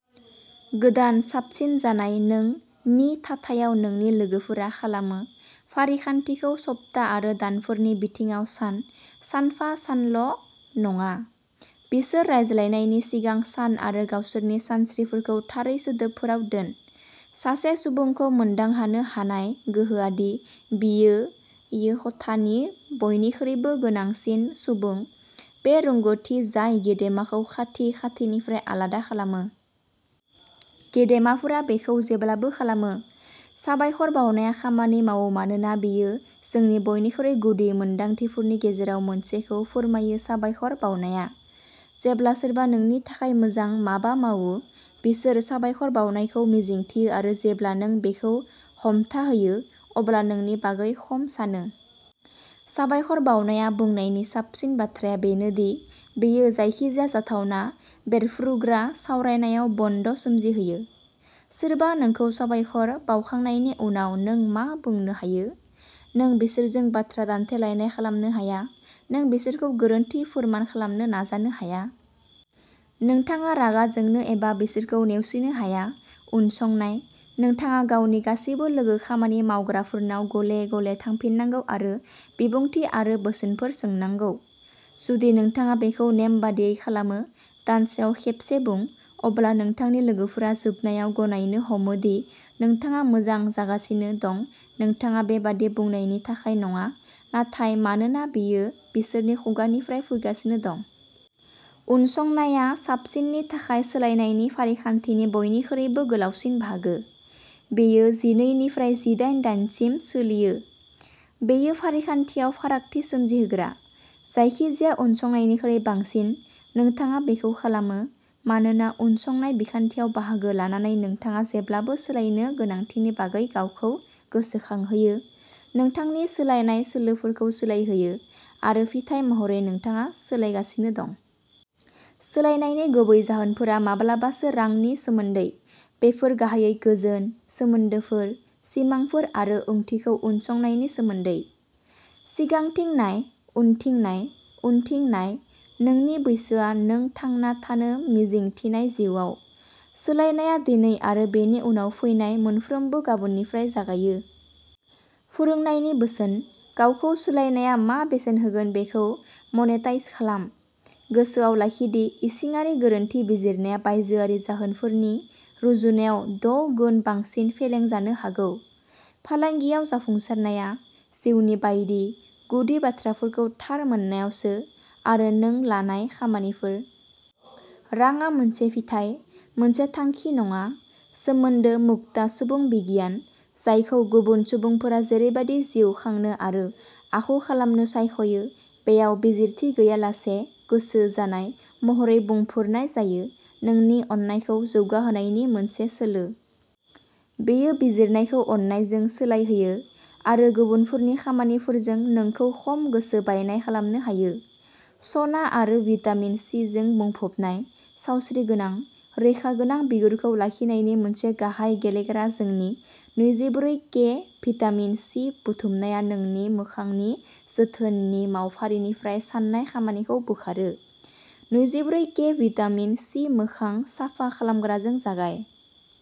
"गोदान साबसिन जानाय नों" नि थाथायाव-नोंनि लोगोफोरा खालामो! फारिखान्थिखौ सप्ता आरो दानफोरनि बिथिङाव सान, सानफा-सानल'नङा। बिसोर रायज्लायनायनि सिगां सान आरो गावसोरनि सानस्रिफोरखौ थारै सोदोबफोराव दोन। सासे सुबुंखौ मोनदांहानो हानाय गोहोआ दि बियो यो खथानि बयनिख्रोइबो गोनांसिन सुबुं, बे रोंग'थि जाय गेदेमाखौ खाथि-खाथिनिफ्राय आलादा खालामो। गेदेमाफोरा बेखौ जेब्लाबो खालामो। साबायखर बावनाया खामानि मावो मानोना बेयो जोंनि बयनिख्रुइ गुदि मोनदांथिफोरनि गेजेराव मोनसेखौ फोरमायो-साबायखर बावनाया। जेब्ला सोरबा नोंनि थाखाय मोजां माबा मावो, बिसोर साबायखर बावनायखौ मिजिंथियो-आरो जेब्ला नों बेखौ हमथाहोयो अब्ला नोंनि बागै खम सानो। "साबायखर बावनाया" बुंनायनि साबसिन बाथ्राया बेनो दि बेयो जायखिजाया जाथावना बेरफ्रुग्रा सावरायनायाव बन्द'सोमजिहोयो। सोरबा नोंखौ साबायखर बावखांनायनि उनाव नों मा बुंनो हायो? नों बिसोरजों बाथ्रा दान्थेलायनाय खालामनो हाया! नों बिसोरखौ गोरोन्थि फोरमान खालामनो नाजानो हाया! नोंथाङा रागा जोंनो एबा बिसोरखौ नेवसिनो हाया! उनसंनायः नोंथाङा गावनि गासिबो लोगो-खामानि मावग्राफोरनाव गले-गले थांफिननांगौ आरो बिबुंथि आरो बोसोनफोर सोंनांगौ। जुदि नोंथाङा बेखौ नेमबादियै खालामो, दानसेयाव खेबसे बुं, अब्ला नोंथांनि लोगोफोरा जोबनायाव गनायनो हमो दि नोंथाङा मोजां जागासिनो दं-नोंथाङा बेबादि बुंनायनि थाखाय नङा, नाथाय मानोना बेयो बिसोरनि खुगानिफ्राय फैगासिनो दं। उनसंनाया साबसिननि थाखाय सोलायनायनि फारिखान्थिनि बयनिख्रुइबो गोलावसिन बाहागो। बेयो जिनै निफ्राय जिदाइन दाइनसिम सोलियो। बेयो फारिखान्थियाव फारागथि सोमजिहोग्रा। जायखिजाया उनसंनायनिख्रुइ बांसिन, नोंथाङा बेखौ खालामो, मानोना उनसंनाय बिखान्थियाव बाहागो लानानै नोंथाङा जेब्लाबो सोलायनो गोनांथिनि बागै गावखौ गोसोखांहोयो, नोंथांनि सोलायनाय सोलोफोरखौ सोलायहोयो, आरो फिथाय महरै नोंथाङा सोलायगासिनो दं। सोलायनायनि गुबै जाहोनफोरा माब्लाबासो रांनि सोमोन्दै। बेफोर गाहायै गोजोन, सोमोन्दोफोर, सिमांफोर आरो ओंथिखौ उनसंनायनि सोमोन्दै। सिगांथिं नाय, उनथिं नाय। उनथिं नाय। नोंनि बैसोआ नों थांना थानो मिजिं थिनाय जिउआव। सोलायनायआ दिनै आरो बेनि उनाव फैनाय मोनफ्रोमबो गाबोननिफ्राय जागायो। फोरोंनायनि बोसोनः गावखौ सोलायनाया मा बेसेन होगोन बेखौ मनेटाइज खालाम। गोसोआव लाखि दि इसिङारि गोरोन्थि बिजिरनाया बायजोआरि जाहोनफोरनि रुजुनायाव द'गुन बांसिन फेलें जानो हागौ। फालांगियाव जाफुंसारनाया, जिउनि बायदि, गुदि बाथ्राफोरखौ थार मोननायावसो आरो नों लानाय खामानिफोर! रांआ मोनसे फिथाय, मोनसे थांखि नङा! सोमोन्दो मुक्ता सुबुं बिगियान, जायखौ "गुबुन सुबुंफोरा जेरैबादि जिउ खांनो आरो आखु खालामनो सायख'यो बेयाव बिजिरथि गैयालासे गोसो जानाय" महरै बुंफोरनाय जायो, नोंनि अननायखौ जौगाहोनायनि मोनसे सोलो। बेयो बिजिरनायखौ अननायजों सोलायहोयो, आरो गुबुनफोरनि खामानिफोरजों नोंखौ खम गोसो बायनाय खालामनो हायो। सना आरो भिटामिन सिजों बुंफबनाय, सावस्रिगोनां, रैखागोनां बिगुरखौ लाखिनायनि मोनसे गाहाय गेलेग्रा-जोंनि नैजि ब्रै के भिटामिन सि बुथुमनाया नोंनि मोखांनि जोथोननि मावफारिनिफ्राय सान्नाय खामानिखौ बोखारो। नैजि ब्रै के भिटामिन सि मोखां साफा खालामग्राजों जागाय।